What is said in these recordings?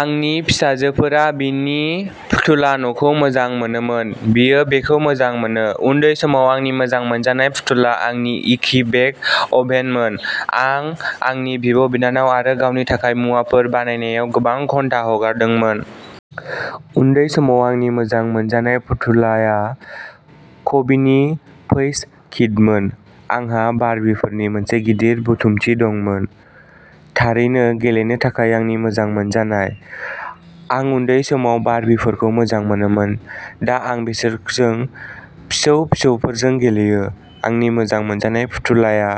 आंनि फिसाजोफोरा बिनि फुथुला न'खौ मोजां मोनोमोन। बियो बेखौ मोजां मोनो! उन्दै समाव आंनि मोजां मोनजानाय फुथुला आंनि इजि बेक अभेनमोन। आं आंनि बिब'- बिनानाव आरो गावनि थाखाय मुवाफोर बानायनायाव गोबां घन्टा हगारदोंमोन। उन्दै समाव आंनि मोजां मोनजानाय फुथुलाआ कबिनि पैच किडमोन। आंहा बार्बिफोरनि मोनसे गिदिर बुथुमथि दंमोन, थारैनो गेलेनो थाखाय आंनि मोजां मोनजानाय! आं उन्दै समाव बार्बिफोरखौ मोजां मोनोमोन! दा आं बिसोरजों फिसौ-फिसौफोरजों गेलेयो! आंनि मोजां मोनजानाय फुथुलाआ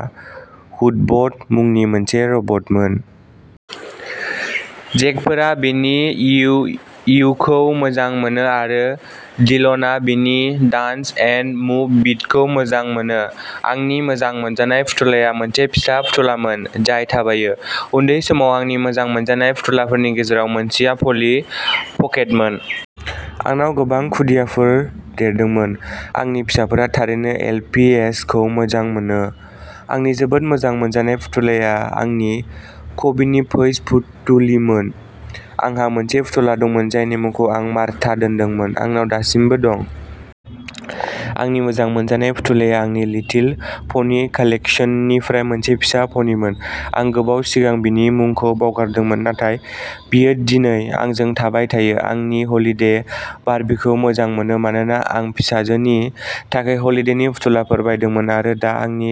हुटबट मुंनि मोनसे रबटमोन! जेकफोरा बिनि उइ इउखौ मोजां मोनो आरो डिलनआ बिनि डान्स एन्ड मुभ बिटब'खौ मोजां मोनो। आंनि मोजां मोनजानाय फुथुलाया मोनसे फिसा फुथुलामोन जाय थाबायो! उन्दै समाव आंनि मोजां मोनजानाय फुथुलाफोरनि गेजेराव मोनसेआ पलि पकेटमोन। आंनाव गोबां खुदियाफोर देरदोंमोन। आंनि फिसाजोफोरा थारैनो एल. पि. एस. खौ मोजां मोनो। आंनि जोबोद मोजां मोनजानाय फुथुलाया आंनि कबिनि पैच फुथुलिमोन। आंहा मोनसे फुथुला दंमोन जायनि मुंखौ आं मार्था दोन्दोंमोन। आंनाव दासिमबो दं। आंनि मोजां मोनजानाय फुथुलाया आंनि लिटिल पनि कालेक्सननिफ्राय मोनसे फिसा पनिमोन। आं गोबाव सिगां बिनि मुंखौ बावगारदोंमोन, नाथाय बियो दिनै आंजों थाबाय थायो। आं नि हलिदे बार्बीखौ मोजां मोनो मानोना आं फिसाजोनि थाखाय हलिदेनि फुथुलाफोर बायदोंमोन आरो दा आंनि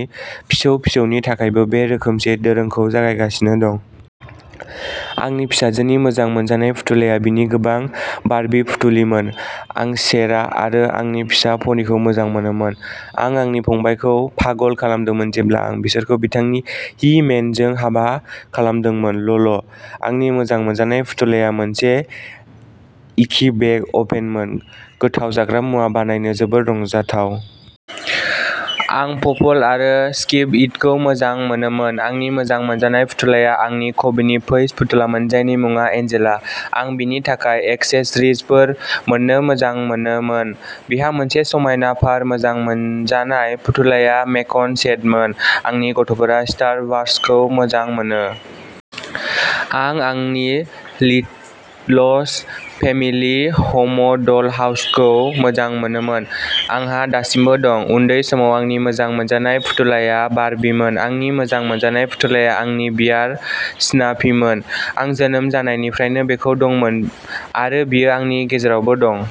फिसौ फिसौनि थाखायबो बे रोखोमसे दोरोंखौ जागायगासिनो दं। आंनि फिसाजोनि मोजां मोनजानाय फुथुलाया बिनि गोबां बार्बी फुथुलिमोन। आं शे-रा आरो आंनि फिसा पनिखौ मोजां मोनोमोन! आं आंनि फंबायखौ पागल खालामदोंमोन जेब्ला आं बिसोरखौ बिथांनि ही-मेनजों हाबा खालामदोंमोन। ल'ल! आंनि मोजां मोनजानाय फुथुलाया मोनसे इजि-बेक अभेनमोन-गोथाव जाग्रा मुवा बानायनो जोबोद रंजाथाव! आं पपल आरो स्किप-इटखौ मोजां मोनोमोन! आंनि मोजां मोनजानाय फुथुलाया आंनि कबिनि पैच फुथुलामोन जायनि मुङा एन्जेला। आं बिनि थाखाय एक्सेसरिजफोर मोन्नो मोजां मोनोमोन, बिहा मोनसे समायना फार मोजां मोनजानाय फुथुलाया मेकेन'सेटमोन। आंनि गथ'फोरा स्टार वार्सखौ मोजां मोनो। आं आंनि लिटलस फेमिलि ह'म ड'ल-हाउसखौ मोजां मोनोमोन! आंहा दासिमबो दं! उन्दै समाव आंनि मोजां मोनजानाय फुथुलाया बार्बीमोन। आंनि मोजां मोनजानाय फुथुलाया आंनि बियार स्नाफीमोन। आं जोनोम जानायनिफ्रायनो बेखौ दंमोन, आरो बियो आंनि जेरावबो दं।